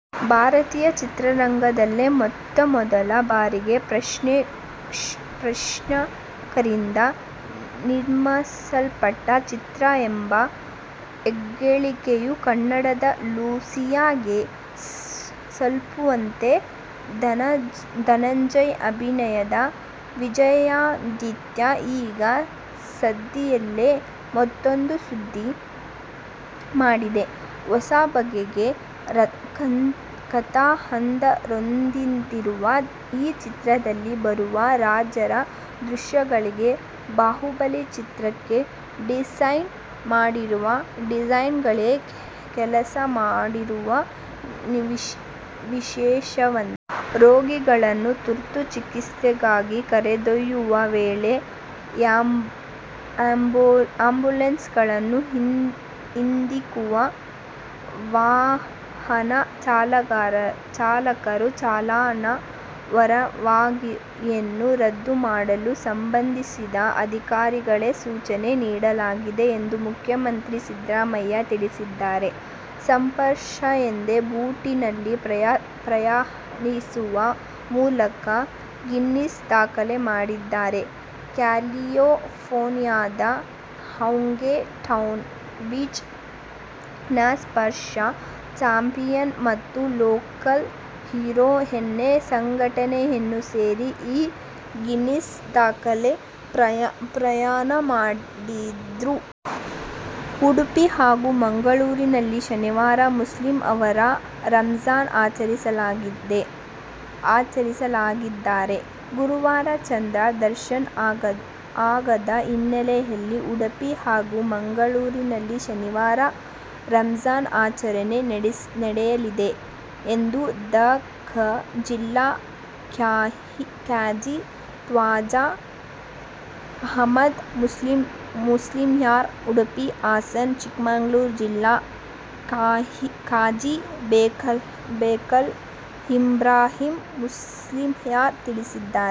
ಭಾರತೀಯ ಚಿತ್ರರಂಗದಲ್ಲೆ ಮೊತ್ತ ಮೊದಲ ಬಾರಿಗೆ ಪ್ರೇಕ್ಷಕರಿಂದ ನಿರ್ಮಿಸಲ್ಪಟ್ಟ ಚಿತ್ರ ಎಂಬ ಹೆಗ್ಗಳಿಕೆಯು ಕನ್ನಡದ "ಲೂಸಿಯಾ''ಗೆ ಸಲ್ಲುತ್ತದೆ. ಧನಂಜಯ್ ಅಭಿನಯದ "ವಿಜಯಾದಿತ್ಯ' ಈಗ ಸದ್ದಿಲ್ಲದೆ ಮತ್ತೂಂದು ಸುದ್ದಿ ಮಾಡಿದೆ. ಹೊಸ ಬಗೆಯ ಕಥಾಹಂದರವೊಂದಿರುವ ಈ ಚಿತ್ರದಲ್ಲಿ ಬರುವ ರಾಜರ ದೃಶ್ಯಗಳಿಗೆ "ಬಾಹುಬಲಿ' ಚಿತ್ರಕ್ಕೆ ಡಿಸೈನ್ ಮಾಡಿರುವ ಡಿಸೈನರ್ಗಳೇ ಕೆಲಸ ಮಾಡಿರುವುದು ವಿಶೇಷವಂತೆ. ರೋಗಿಗಳನ್ನು ತುರ್ತು ಚಿಕಿತ್ಸೆಗಾಗಿ ಕರೆದೊಯ್ಯುವ ವೇಳೆ ಆ್ಯಂಬುಲೆನ್ಸ್ಗಳನ್ನು ಹಿಂದಿಕ್ಕುವ ವಾಹನ ಚಾಲಕರ ಚಾಲನಾ ಪರವಾನಗಿಯನ್ನು ರದ್ದು ಮಾಡಲು ಸಂಬಂಧಿಸಿದ ಅಧಿಕಾರಿಗಳಿಗೆ ಸೂಚನೆ ನೀಡಲಾಗಿದೆ ಎಂದು ಮುಖ್ಯಮಂತ್ರಿ ಸಿದ್ದರಾಮಯ್ಯ ತಿಳಿಸಿದ್ದಾರೆ. ಸರ್ಫರ್ಸ್ ಒಂದೇ ಬೋಟಿನಲ್ಲಿ ಪ್ರಯಾಣಿಸುವ ಮೂಲಕ ಗಿನ್ನೀಸ್ ದಾಖಲೆ ಮಾಡಿದ್ದಾರೆ. ಕ್ಯಾಲಿಫೋರ್ನಿಯಾದ ಹೌಂಗ್ ಟೌನ್ ಬೀಚ್ ನ ಸರ್ಫ್ ಚಾಂಪಿಯನ್ಸ್ ಮತ್ತು ಲೋಕಲ್ ಹೀರೋಸ್ ಎನ್ನೋ ಸಂಘಟನೆಗಳು ಸೇರಿ ಈ ಗಿನ್ನೇಸ್ ದಾಖಲೆಯ ಪ್ರಯಾಣ ಮಾಡಿದ್ರು. ಉಡುಪಿ ಹಾಗೂ ಮಂಗಳೂರಿನಲ್ಲಿ ಶನಿವಾರ ಮುಸ್ಲಿಮರು ರಮ್ಜಾನ್ ಆಚರಿಸಲಿದ್ದಾರೆ. ಗುರುವಾರ ಚಂದ್ರ ದರ್ಶನ ಆಗದ ಹಿನ್ನೆಲೆಯಲ್ಲಿ ಉಡುಪಿ ಹಾಗೂ ಮಂಗಳೂರಿನಲ್ಲಿ ಶನಿವಾರ ರಮ್ಜಾನ್ ಆಚರಣೆ ನಡೆಯಲಿದೆ ಎಂದು ದ. ಕ. ಜಿಲ್ಲಾ ಖಾಝಿ ತ್ವಾಖಾ ಅಹಮದ್ ಮುಸ್ಲಿಯಾರ್, ಉಡುಪಿ, ಹಾಸನ, ಚಿಕ್ಕಮಗಳೂರು ಜಿಲ್ಲಾ ಖಾಝಿ ಬೇಕಲ ಇಬ್ರಾಹಿಂ ಮುಸ್ಲಿಯಾರ್ ತಿಳಿಸಿದ್ದಾರೆ.